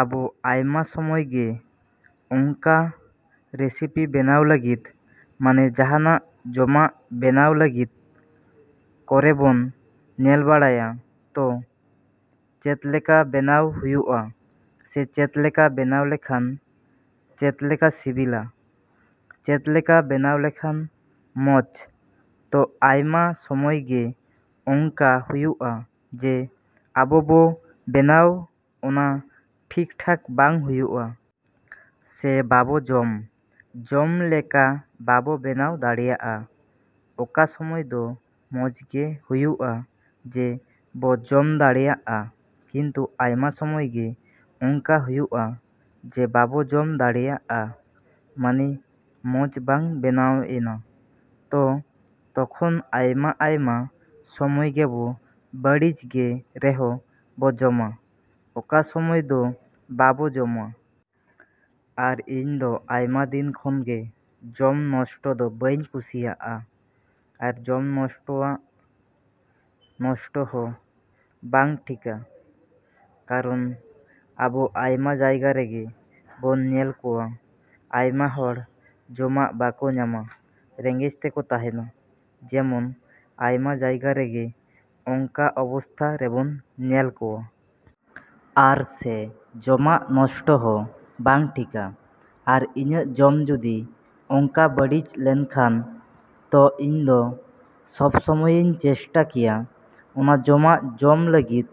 ᱟᱵᱚ ᱟᱭᱢᱟ ᱥᱚᱢᱚᱭ ᱜᱮ ᱚᱝᱠᱟ ᱨᱮᱥᱤᱯᱤ ᱵᱮᱱᱟᱣ ᱞᱟᱹᱜᱤᱫ, ᱢᱟᱱᱮ ᱡᱟᱦᱟᱱᱟᱜ ᱡᱚᱢᱟᱜ ᱵᱮᱱᱟᱣ ᱞᱟᱹᱜᱤᱫ ᱠᱚᱨᱮᱵᱚᱱ ᱧᱮᱞ ᱵᱟᱲᱟᱭᱟ᱾ ᱛᱚ, ᱪᱮᱫᱞᱮᱠᱟ ᱵᱮᱱᱟᱣ ᱦᱩᱭᱩᱜᱼᱟ ᱥᱮ ᱪᱮᱫᱞᱮᱠᱟ ᱵᱮᱱᱟᱣ ᱞᱮᱠᱷᱟᱱ ᱪᱮᱫᱞᱮᱠᱟ ᱥᱤᱵᱤᱞᱟ? ᱪᱮᱫᱞᱮᱠᱟ ᱵᱮᱱᱟᱣ ᱞᱮᱠᱷᱟᱱ ᱢᱚᱡᱽ? ᱛᱚ, ᱟᱭᱢᱟ ᱥᱚᱢᱚᱭ ᱜᱮ ᱚᱝᱠᱟ ᱦᱩᱭᱩᱜᱼᱟ ᱡᱮ, ᱟᱵᱚ ᱵᱚ ᱵᱮᱱᱟᱣ ᱚᱱᱟ ᱴᱷᱤᱠᱼᱴᱷᱟᱠ ᱵᱟᱝ ᱦᱩᱭᱩᱜᱼᱟ᱾ ᱥᱮ ᱵᱟᱵᱚ ᱡᱚᱢ, ᱡᱚᱢ ᱞᱮᱠᱟ ᱵᱟᱵᱚ ᱵᱮᱱᱟᱣ ᱫᱟᱲᱮᱭᱟᱜᱼᱟ᱾ ᱚᱠᱟ ᱥᱚᱢᱚᱭ ᱫᱚ ᱢᱚᱡᱽ ᱜᱮ ᱦᱩᱭᱩᱜᱼᱟ ᱡᱮ, ᱵᱚ ᱡᱚᱢ ᱫᱟᱲᱮᱭᱟᱜᱼᱟ᱾ ᱠᱤᱱᱛᱩ ᱟᱭᱢᱟ ᱥᱚᱢᱚᱭ ᱜᱮ ᱚᱝᱠᱟ ᱦᱩᱭᱩᱜᱼᱟ ᱡᱮ, ᱵᱟᱵᱚ ᱡᱚᱢ ᱫᱟᱲᱮᱭᱟᱜᱼᱟ, ᱢᱟᱱᱮ ᱢᱚᱡᱽ ᱵᱟᱝ ᱵᱮᱱᱟᱣᱮᱱᱟ᱾ ᱛᱚ, ᱛᱚᱠᱷᱚᱱ ᱟᱭᱢᱟ ᱟᱭᱢᱟ ᱥᱚᱢᱚᱭ ᱜᱮᱵᱚ ᱵᱟᱹᱲᱤᱡ ᱜᱮ ᱨᱮᱦᱚᱸ ᱵᱚ ᱡᱚᱢᱟ, ᱚᱠᱟ ᱥᱚᱢᱚᱭ ᱫᱚ ᱵᱟᱵᱚ ᱡᱚᱢᱟ᱾ ᱟᱨ ᱤᱧ ᱫᱚ ᱟᱭᱢᱟ ᱫᱤᱱ ᱠᱷᱚᱱ ᱜᱮ ᱡᱚᱢ ᱱᱚᱥᱴᱚ ᱫᱚ ᱵᱟᱹᱧ ᱠᱩᱥᱤᱭᱟᱜᱼᱟ᱾ ᱟᱨ ᱡᱚᱢ ᱱᱚᱥᱴᱚᱣᱟᱜ ᱱᱚᱥᱴᱚ ᱦᱚᱸ ᱵᱟᱝ ᱴᱷᱤᱠᱟ᱾ ᱠᱟᱨᱚᱱ ᱟᱵᱚ ᱟᱭᱢᱟ ᱡᱟᱭᱜᱟ ᱨᱮᱜᱮ ᱵᱚᱱ ᱧᱮᱞ ᱠᱚᱣᱟ ᱟᱭᱢᱟ ᱦᱚᱲ ᱡᱚᱢᱟᱜ ᱵᱟᱠᱚ ᱧᱟᱢᱟ, ᱨᱮᱸᱜᱮᱡ ᱛᱮᱠᱚ ᱛᱟᱦᱮᱱᱟ ᱡᱮᱢᱚᱱ ᱟᱭᱢᱟ ᱡᱟᱭᱜᱟ ᱨᱮᱜᱮ ᱚᱝᱠᱟ ᱚᱵᱚᱥᱛᱷᱟ ᱨᱮᱵᱚᱱ ᱧᱮᱞ ᱠᱚᱣᱟ᱾ ᱟᱨ ᱥᱮ ᱡᱚᱢᱟᱜ ᱱᱚᱥᱴᱚ ᱦᱚᱸ ᱵᱟᱝ ᱴᱷᱤᱠᱟ᱾ ᱟᱨ ᱤᱧᱟᱹᱜ ᱡᱚᱢ ᱡᱩᱫᱤ ᱚᱝᱠᱟ ᱵᱟᱹᱲᱤᱡ ᱞᱮᱱᱠᱷᱟᱱ ᱛᱚ, ᱤᱧ ᱫᱚ ᱥᱚᱵᱽ ᱥᱚᱢᱚᱭᱤᱧ ᱪᱮᱥᱴᱟ ᱠᱮᱭᱟ ᱚᱱᱟ ᱡᱚᱢᱟᱜ ᱡᱚᱢ ᱞᱟᱹᱜᱤᱫ᱾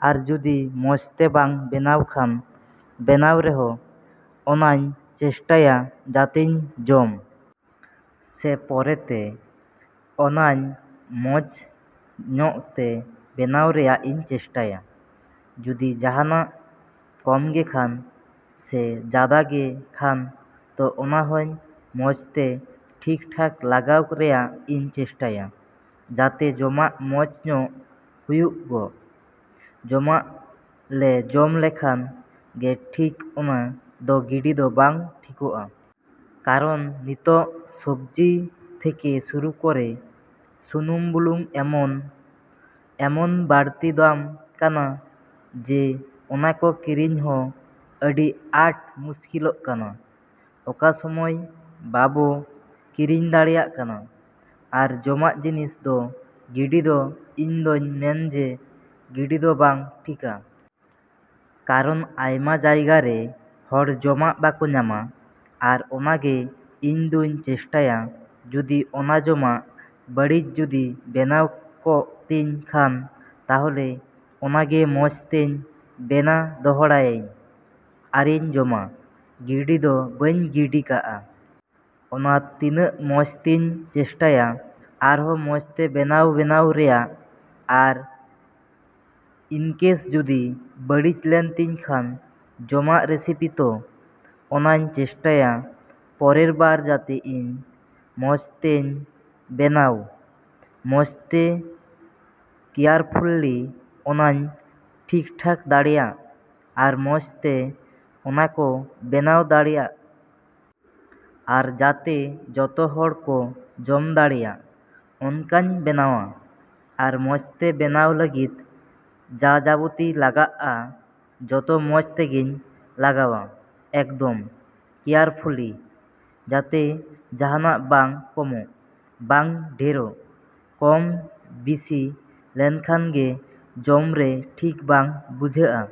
ᱟᱨ ᱡᱩᱫᱤ ᱢᱚᱡᱽᱛᱮ ᱵᱟᱝ ᱵᱮᱱᱟᱣ ᱠᱷᱟᱱ, ᱵᱮᱱᱟᱣ ᱨᱮᱦᱚᱸ, ᱚᱱᱟᱧ ᱪᱮᱥᱴᱟᱭᱟ ᱡᱟᱛᱮᱧ ᱡᱚᱢ᱾ ᱥᱮ ᱯᱚᱨᱮᱛᱮ ᱚᱱᱟᱧ ᱢᱚᱡᱽ ᱧᱚᱜ ᱛᱮ ᱵᱮᱱᱟᱣ ᱨᱮᱭᱟᱜ ᱤᱧ ᱪᱮᱥᱴᱟᱭᱟ᱾ ᱡᱩᱫᱤ ᱡᱟᱦᱟᱱᱟᱜ ᱠᱚᱢ ᱜᱮ ᱠᱷᱟᱱ ᱥᱮ ᱡᱟᱫᱟ ᱜᱮ ᱠᱷᱟᱱ ᱛᱚ ᱚᱱᱟᱦᱚᱧ ᱢᱚᱡᱽᱛᱮ ᱴᱷᱤᱠᱼᱴᱷᱟᱠ ᱞᱟᱜᱟᱣ ᱨᱮᱭᱟᱜ ᱤᱧ ᱪᱮᱥᱴᱟᱭᱟ ᱡᱟᱛᱮ ᱡᱚᱢᱟᱜ ᱢᱚᱡᱽ ᱧᱚᱜ ᱦᱩᱭᱩᱜᱚᱜ᱾ ᱡᱚᱢᱟᱜ ᱞᱮ ᱡᱚᱢ ᱞᱮᱠᱷᱟᱱ ᱜᱮ ᱴᱷᱤᱠ ᱚᱱᱟ ᱫᱚ ᱜᱤᱰᱤ ᱫᱚ ᱵᱟᱝ ᱴᱷᱤᱠᱚᱜᱼᱟ᱾ ᱠᱟᱨᱚᱱ ᱱᱤᱛᱚᱜ ᱥᱚᱵᱽᱡᱤ ᱛᱷᱮᱠᱮ ᱥᱩᱨᱩ ᱠᱚᱨᱮ ᱥᱩᱱᱩᱢ ᱵᱩᱞᱩᱝ ᱮᱢᱚᱱ, ᱮᱢᱚᱱ ᱵᱟᱲᱛᱤ ᱫᱟᱢ ᱠᱟᱱᱟ ᱡᱮ ᱚᱱᱟ ᱠᱚ ᱠᱤᱨᱤᱧ ᱦᱚᱸ ᱟᱹᱰᱤ ᱟᱴ ᱢᱩᱥᱠᱤᱞᱚᱜ ᱠᱟᱱᱟ ᱚᱠᱟ ᱥᱚᱢᱚᱭ ᱵᱟᱵᱚ ᱠᱤᱨᱤᱧ ᱫᱟᱲᱮᱭᱟᱜ ᱠᱟᱱᱟ᱾ ᱟᱨ ᱡᱚᱢᱟᱜ ᱡᱤᱱᱤᱥ ᱫᱚ ᱜᱤᱰᱤ ᱫᱚ ᱤᱧ ᱫᱚᱧ ᱢᱮᱱ ᱡᱮ, ᱜᱤᱰᱤ ᱫᱚ ᱵᱟᱝ ᱴᱷᱤᱠᱟ᱾ ᱠᱟᱨᱚᱱ ᱟᱭᱢᱟ ᱡᱟᱭᱜᱟ ᱨᱮ ᱦᱚᱲ ᱡᱚᱢᱟᱜ ᱵᱟᱠᱚ ᱧᱟᱢᱟ᱾ ᱟᱨ ᱚᱱᱟᱜᱮ ᱤᱧ ᱫᱩᱧ ᱪᱮᱥᱴᱟᱭᱟ ᱡᱩᱫᱤ ᱚᱱᱟ ᱡᱚᱢᱟᱜ ᱵᱟᱹᱲᱤᱡ ᱡᱩᱫᱤ ᱵᱮᱱᱟᱣ ᱠᱚᱜ ᱛᱤᱧ ᱠᱷᱟᱱ ᱛᱟᱦᱚᱞᱮ ᱚᱱᱟᱜᱮ ᱢᱚᱡᱽ ᱛᱮᱧ ᱵᱮᱱᱟ ᱫᱚᱦᱲᱟᱭᱟᱹᱧ ᱟᱨᱤᱧ ᱡᱚᱢᱟ᱾ ᱜᱤᱰᱤ ᱫᱚ ᱵᱟᱹᱧ ᱜᱤᱰᱤ ᱠᱟᱜᱼᱟ᱾ ᱚᱱᱟ ᱛᱤᱱᱟᱹᱜ ᱢᱚᱡᱽᱛᱤᱧ ᱪᱮᱥᱴᱟᱭᱟ ᱟᱨᱦᱚᱸ ᱢᱚᱡᱽᱛᱮ ᱵᱮᱱᱟᱣ ᱵᱮᱱᱟᱣ ᱨᱮᱭᱟᱜ᱾ ᱟᱨ ᱤᱱᱠᱮᱥ ᱡᱩᱫᱤ ᱵᱟᱹᱲᱤᱡ ᱞᱮᱱ ᱛᱤᱧ ᱠᱷᱟᱱ ᱡᱚᱢᱟᱜ ᱨᱮᱥᱤᱯᱤ ᱛᱚ, ᱚᱱᱟᱧ ᱪᱮᱥᱴᱟᱭᱟ ᱯᱚᱨᱮᱨ ᱵᱟᱨ ᱡᱟᱛᱮ ᱤᱧ ᱢᱚᱡᱽᱛᱮᱧ ᱵᱮᱱᱟᱣ, ᱢᱚᱡᱽᱛᱮ ᱠᱮᱭᱟᱨᱯᱷᱩᱞᱞᱤ ᱚᱱᱟᱧ ᱴᱷᱤᱠᱼᱴᱷᱟᱠ ᱫᱟᱲᱮᱭᱟᱜ᱾ ᱟᱨ ᱢᱚᱡᱽᱛᱮ ᱚᱱᱟᱠᱚ ᱵᱮᱱᱟᱣ ᱫᱟᱲᱮᱭᱟᱜ᱾ ᱟᱨ ᱡᱟᱛᱮ ᱡᱚᱛᱚ ᱦᱚᱲ ᱠᱚ ᱡᱚᱢ ᱫᱟᱲᱮᱭᱟᱜ ᱚᱱᱠᱟᱧ ᱵᱮᱱᱟᱣᱟ᱾ ᱟᱨ ᱢᱚᱡᱽᱛᱮ ᱵᱮᱱᱟᱣ ᱞᱟᱹᱜᱤᱫ ᱡᱟᱼᱡᱟᱵᱚᱛᱤ ᱞᱟᱜᱟᱜᱼᱟ, ᱡᱚᱛᱚ ᱢᱚᱡᱽ ᱛᱮᱜᱮᱧ ᱞᱟᱜᱟᱣᱟ ᱮᱠᱫᱚᱢ ᱠᱮᱭᱟᱨᱯᱷᱩᱞᱞᱤ᱾ ᱡᱟᱛᱮ ᱡᱟᱦᱟᱱᱟᱜ ᱵᱟᱝ ᱠᱚᱢᱚᱜ, ᱵᱟᱝ ᱰᱷᱮᱨᱚᱜ᱾ ᱠᱚᱢ, ᱵᱤᱥᱤ ᱞᱮᱱᱠᱷᱟᱱ ᱜᱮ ᱡᱚᱢ ᱨᱮ ᱴᱷᱤᱠ ᱵᱟᱝ ᱵᱩᱡᱷᱟᱹᱜᱼᱟ᱾